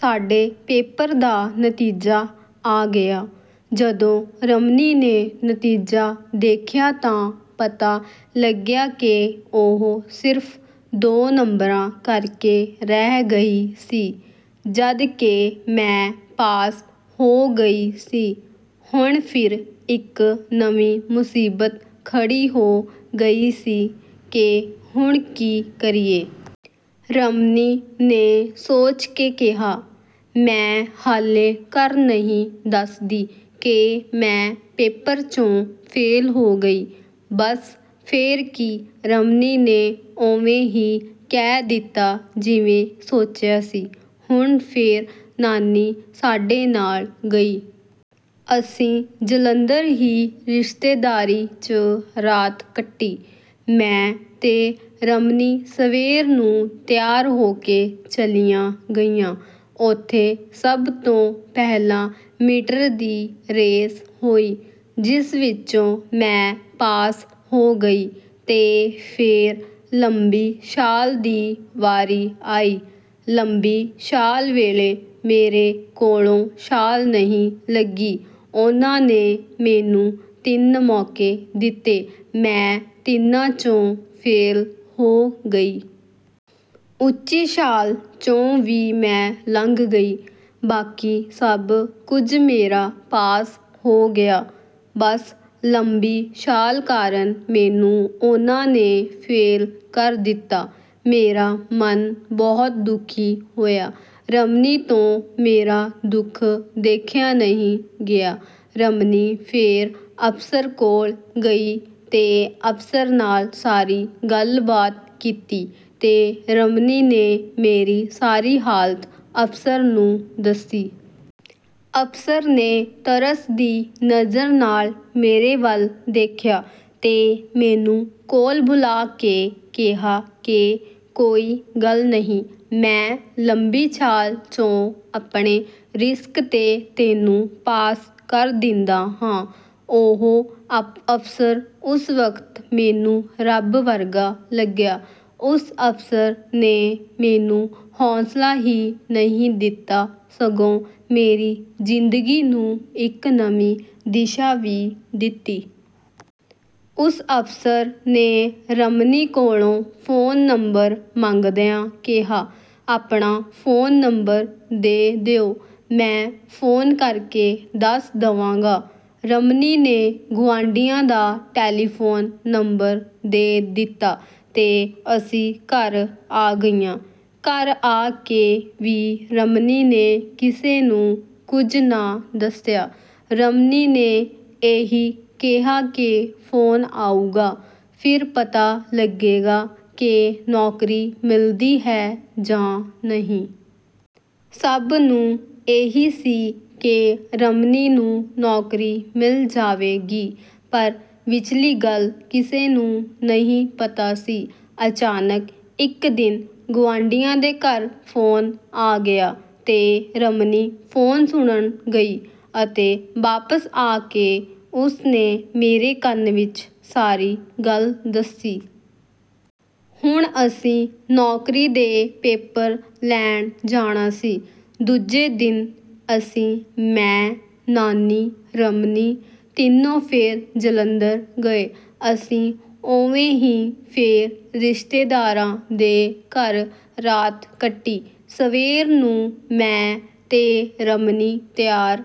ਸਾਡੇ ਪੇਪਰ ਦਾ ਨਤੀਜਾ ਆ ਗਿਆ, ਜਦੋਂ ਰਮਨੀ ਨੇ ਨਤੀਜਾ ਦੇਖਿਆ ਤਾਂ ਪਤਾ ਲੱਗਿਆ ਕਿ ਉਹ ਸਿਰਫ਼ ਦੋ ਨੰਬਰਾਂ ਕਰਕੇ ਰਹਿ ਗਈ ਸੀ, ਜਦਕਿ ਮੈਂ ਪਾਸ ਹੋ ਗਈ ਸੀ। ਹੁਣ ਫਿਰ ਇੱਕ ਨਵੀਂ ਮੁਸੀਬਤ ਖੜੀ ਹੋ ਗਈ ਸੀ ਕਿ ਹੁਣ ਕੀ ਕਰੀਏ? ਰਮਨੀ ਨੇ ਸੋਚ ਕੇ ਕਿਹਾ, ਮੈਂ ਹਾਲੇ ਘਰ ਨਹੀਂ ਦੱਸਦੀ ਕਿ ਮੈਂ ਪੇਪਰ ਚੋਂ ਫੇਲ੍ਹ ਹੋ ਗਈ, ਬਸ ਫੇਰ ਕੀ ਰਮਨੀ ਨੇ ਉਵੇਂ ਹੀ ਕਹਿ ਦਿੱਤਾ ਜਿਵੇਂ ਸੋਚਿਆ ਸੀ, ਹੁਣ ਫੇਰ ਨਾਨੀ ਸਾਡੇ ਨਾਲ ਗਈ। ਅਸੀਂ ਜਲੰਧਰ ਹੀ ਰਿਸ਼ਤੇਦਾਰੀ 'ਚ ਰਾਤ ਕੱਟੀ, ਮੈਂ ਤੇ ਰਮਨੀ ਸਵੇਰ ਨੂੰ ਤਿਆਰ ਹੋ ਕੇ ਚਲੀਆਂ ਗਈਆਂ, ਉੱਥੇ ਸਭ ਤੋਂ ਪਹਿਲਾਂ ਮੀਟਰ ਦੀ ਰੇਸ ਹੋਈ, ਜਿਸ ਵਿੱਚੋਂ ਮੈਂ ਪਾਸ ਹੋ ਗਈ। ਤੇ ਫੇਰ ਲੰਬੀ ਛਾਲ ਦੀ ਵਾਰੀ ਆਈ, ਲੰਬੀ ਛਾਲ ਵੇਲੇ ਮੇਰੇ ਕੋਲੋਂ ਛਾਲ ਨਹੀਂ ਲੱਗੀ, ਉਹਨਾਂ ਨੇ ਮੈਨੂੰ ਤਿੰਨ ਮੌਕੇ ਦਿੱਤੇ ਮੈਂ ਤਿੰਨਾਂ ਚੋਂ ਫੇਲ੍ਹ ਹੋ ਗਈ। ਉੱਚੀ ਛਾਲ ਚੋਂ ਵੀ ਮੈਂ ਲੰਘ ਗਈ, ਬਾਕੀ ਸਭ ਕੁਝ ਮੇਰਾ ਪਾਸ ਹੋ ਗਿਆ, ਬਸ ਲੰਬੀ ਛਾਲ ਕਾਰਨ ਮੈਨੂੰ ਉਹਨਾਂ ਨੇ ਫੇਲ ਕਰ ਦਿੱਤਾ। ਮੇਰਾ ਮਨ ਬਹੁਤ ਦੁੱਖੀ ਹੋਇਆ, ਰਮਨੀ ਤੋਂ ਮੇਰਾ ਦੁੱਖ ਦੇਖਿਆ ਨਹੀਂ ਗਿਆ, ਰਮਨੀ ਫੇਰ ਅਫਸਰ ਕੋਲ ਗਈ ਤੇ ਅਫਸਰ ਨਾਲ ਸਾਰੀ ਗੱਲਬਾਤ ਕੀਤੀ ਤੇ ਰਮਨੀ ਨੇ ਮੇਰੀ ਸਾਰੀ ਹਾਲਤ ਅਫਸਰ ਨੂੰ ਦੱਸੀ। ਅਫਸਰ ਨੇ ਤਰਸ ਦੀ ਨਜ਼ਰ ਨਾਲ ਮੇਰੇ ਵੱਲ ਦੇਖਿਆ ਤੇ ਮੈਨੂੰ ਕੋਲ ਬੁਲਾ ਕੇ ਕਿਹਾ ਕਿ ਕੋਈ ਗੱਲ ਨਹੀਂ ਮੈਂ ਲੰਬੀ ਛਾਲ ਚੋਂ ਆਪਣੇ ਰਿਸਕ ਤੇ ਤੈਨੂੰ ਪਾਸ ਕਰ ਦਿੰਦਾ ਹਾਂ, ਉਹ ਅਫਸਰ ਉਸ ਵਕਤ ਮੈਨੂੰ ਰੱਬ ਵਰਗਾ ਲੱਗਿਆ, ਉਸ ਅਫਸਰ ਨੇ ਮੈਨੂੰ ਹੌਸਲਾ ਹੀ ਨਹੀਂ ਦਿੱਤਾ, ਸਗੋਂ ਮੇਰੀ ਜ਼ਿੰਦਗੀ ਨੂੰ ਇੱਕ ਨਵੀਂ ਦਿਸ਼ਾ ਵੀ ਦਿੱਤੀ। ਉਸ ਅਫਸਰ ਨੇ ਰਮਨੀ ਕੋਲੋਂ ਫੋਨ ਨੰਬਰ ਮੰਗਦਿਆਂ ਕਿਹਾ ਆਪਣਾ ਫੋਨ ਨੰਬਰ ਦੇ ਦਿਓ ਮੈਂ ਫੋਨ ਕਰਕੇ ਦੱਸ ਦਵਾਂਗਾ। ਰਮਨੀ ਨੇ ਗੁਆਂਢੀਆਂ ਦਾ ਟੈਲੀਫੋਨ ਨੰਬਰ ਦੇ ਦਿੱਤਾ, ਤੇ ਅਸੀਂ ਘਰ ਆ ਗਈਆਂ। ਘਰ ਆ ਕੇ ਵੀ ਰਮਨੀ ਨੇ ਕਿਸੇ ਨੂੰ ਕੁਝ ਨਾ ਦੱਸਿਆ, ਰਮਨੀ ਨੇ ਇਹੀ ਕਿਹਾ ਕਿ ਫੋਨ ਆਉਗਾ ਫਿਰ ਪਤਾ ਲੱਗੇਗਾ ਕਿ ਨੌਕਰੀ ਮਿਲਦੀ ਹੈ ਜਾਂ ਨਹੀਂ। ਸਭ ਨੂੰ ਇਹ ਸੀ ਕਿ ਰਮਨੀ ਨੂੰ ਨੌਕਰੀ ਮਿਲ ਜਾਵੇਗੀ ਪਰ ਵਿਚਲੀ ਗੱਲ ਕਿਸੇ ਨੂੰ ਨਹੀਂ ਪਤਾ ਸੀ, ਅਚਾਨਕ ਇੱਕ ਦਿਨ ਗੁਆਂਢੀਆਂ ਦੇ ਘਰ ਫੋਨ ਆ ਗਿਆ, ਤੇ ਰਮਨੀ ਫੋਨ ਸੁਣਨ ਗਈ ਅਤੇ ਵਾਪਸ ਆ ਕੇ ਉਸ ਨੇ ਮੇਰੇ ਕੰਨ ਵਿੱਚ ਸਾਰੀ ਗੱਲ ਦੱਸੀ। ਹੁਣ ਅਸੀਂ ਨੌਕਰੀ ਦੇ ਪੇਪਰ ਲੈਣ ਜਾਣਾ ਸੀ, ਦੂਜੇ ਦਿਨ ਅਸੀਂ ਮੈਂ, ਨਾਨੀ, ਰਮਨੀ ਤਿੰਨੋਂ ਫੇਰ ਜਲੰਧਰ ਗਏ, ਅਸੀਂ ਉਵੇਂ ਹੀ ਫੇਰ ਰਿਸ਼ਤੇਦਾਰਾਂ ਦੇ ਘਰ ਰਾਤ ਕੱਟੀ, ਸਵੇਰ ਨੂੰ ਮੈਂ ਤੇ ਰਮਨੀ ਤਿਆਰ